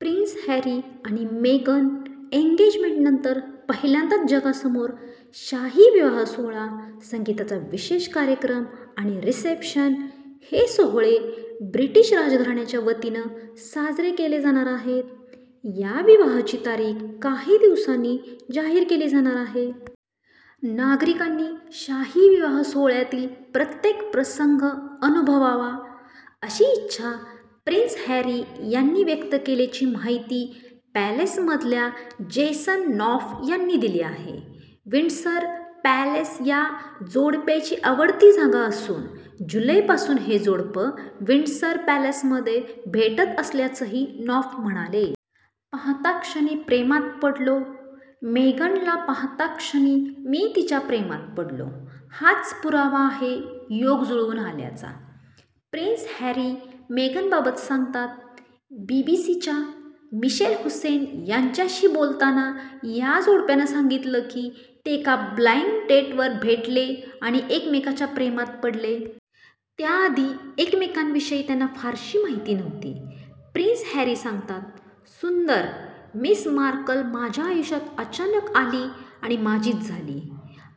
Prince Harry आणि Megan एंगेजमेंटनंतर पहिल्यांदाच जगासमोर शाही विवाह सोहळा, संगीताचा विशेष कार्यक्रम आणि रिसेप्शन हे सोहळे ब्रिटीश राजघराण्याच्या वतीनं साजरे केले जाणार आहेत. या विवाहाची तारीख काही दिवसांनी जाहीर केली जाणार आहे. नागरिकांनी शाही विवाह सोहळ्यातील प्रत्येक प्रसंग अनुभवावा अशी इच्छा प्रिन्स हॅरी यांनी व्यक्त केल्याची माहिती पॅलेसमधल्या जेसन नॉफ यांनी दिली आहे. विंडसर पॅलेस या जोडप्याची आवडती जागा असून जुलै पासून हे जोडपं विंडसर पॅलेसमध्ये भेटत असल्याचंही नॉफ म्हणाले. पाहता क्षणी प्रेमात पडलो मेगनला पाहता क्षणीच मी तिच्या प्रेमात पडलो, हाच पुरावा आहे योग जुळून आल्याचा. प्रिन्स हॅरी मेगनबाबत सांगतात. बीबीसीच्या मिशेल हुसैन यांच्याशी बोलताना या जोडप्यानं सांगितलं की, ते एका ब्लाइंड डेटवर भेटले आणि एकमेकांच्या प्रेमात पडले. त्याआधी एकमेकांविषयी त्यांना फारशी माहिती नव्हती. प्रिन्स हॅरी सांगतात, 'सुंदर' मिस मार्कल माझ्या आयुष्यात अचानक आली आणि माझीच झाली.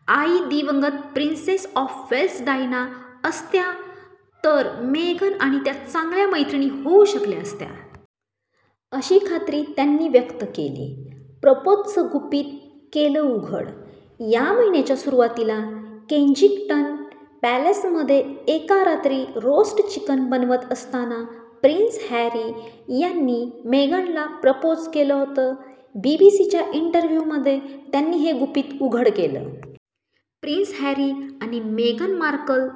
आई दिवंगत प्रिन्सेस ऑफ वेल्स डायना असत्या तर मेगन आणि त्या चांगल्या मैत्रीणी होऊ शकल्या असत्या. अशी खात्री त्यांनी व्यक्त केली. प्रपोजचं गुपित केलं उघड या महिन्याच्या सुरवातीला केंजिंग्टन पॅलेसमध्ये एका रात्री रोस्ट चिकन बनवत असताना प्रिन्स हॅरी यांनी मेगनला प्रपोज केलं होतं. बीबीसीच्या इंटरव्ह्यूमध्ये त्यांनी हे गुपित उघड केलं. प्रिन्स हॅरी आणि मेगन मार्कल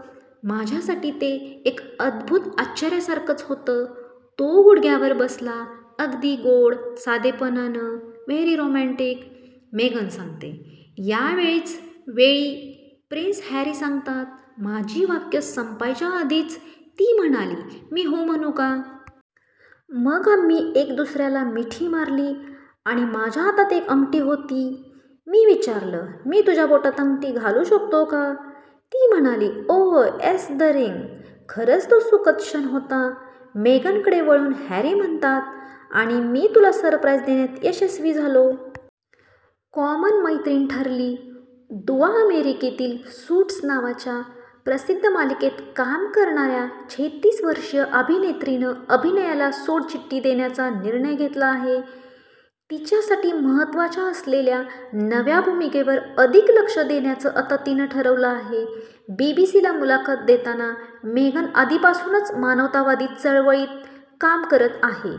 माझ्यासाठी ते एक अद्भूत आश्चर्यासारखंच होतं. तो गुडघ्यावर बसला. अगदी गोड. साधेपणानं. Very romantic. मेगन सांगते. यावेळीच वेळी प्रिन्स हॅरी सांगतात, माझी वाक्य संपायच्या आधीच ती म्हणाली मी हो म्हणू का? मग आम्ही एकदुसऱ्याला मिठी मारली आणि माझ्या हातात एक अंगठी होती. मी विचारलं 'मी तुझ्या बोटात अंगठी घालू शकतो का? ती म्हणाली ओह येस द रिंग खरंच तो सुखद क्षण होता. मेगनकडे वळून हॅरी म्हणतात आणि मी तुला सरप्राइज देण्यात यशस्वी झालो. कॉमन मैत्रिण ठरली दुवा अमेरिकतील सुटस् नावाच्या प्रसिद्ध मालिकेत काम करणाऱ्या छेतीस वर्षीय अभिनेत्रीनं अभिनयाला सोडचिठ्ठी देण्याचा निर्णय घेतला आहे. तिच्यासाठी महत्त्वाच्या असलेल्या नव्या भूमिकेवर अधिक लक्ष देण्याचं आता तिनं ठरवलं आहे. बीबीसीला मुलाखत देताना मेगन आधीपासूनच मानवतावादी चळवळींत काम करत आहे.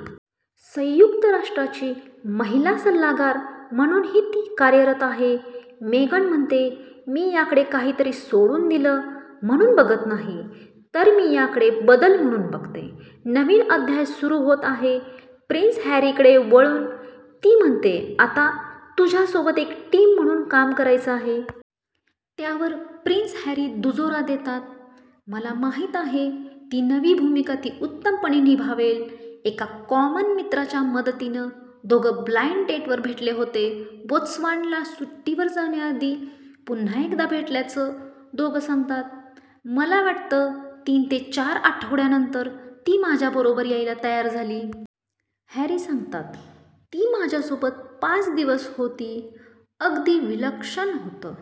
संयुक्त राष्ट्राची महिला सल्लागार म्हणूनही ती कार्यरत आहे. मेगन म्हणते मी याकडे काहीतरी सोडून दिल म्हणून बघत नाही. तर मी याकडे बदल म्हणून बघते. नवीन अध्याय सुरू होत आहे. प्रिन्स हॅरीकडे वळून ती म्हणते आता तुझ्यासोबत एक टीम म्हणून काम करायचं आहे. त्यावर प्रिन्स हॅरी दुजोरा देतात,"मला माहित आहे, ती नवी भूमिका ती उत्तमपणे निभावेल. एका कॉमन मित्राच्या मदतीनं दोघं ब्लाइंड डेटवर भेटले होते. बोत्सवानाला सुट्टीवर जाण्याआधी पुन्हा एकदा भेटल्याच दोघं सांगतात. मला वाटतं तीन ते चार आठवड्यांनंतर ती माझ्या बरोबर यायला तयार झाली. हॅरी सांगतात. ती माझ्यासोबत पाच दिवस होती. अगदी विलक्षण होतं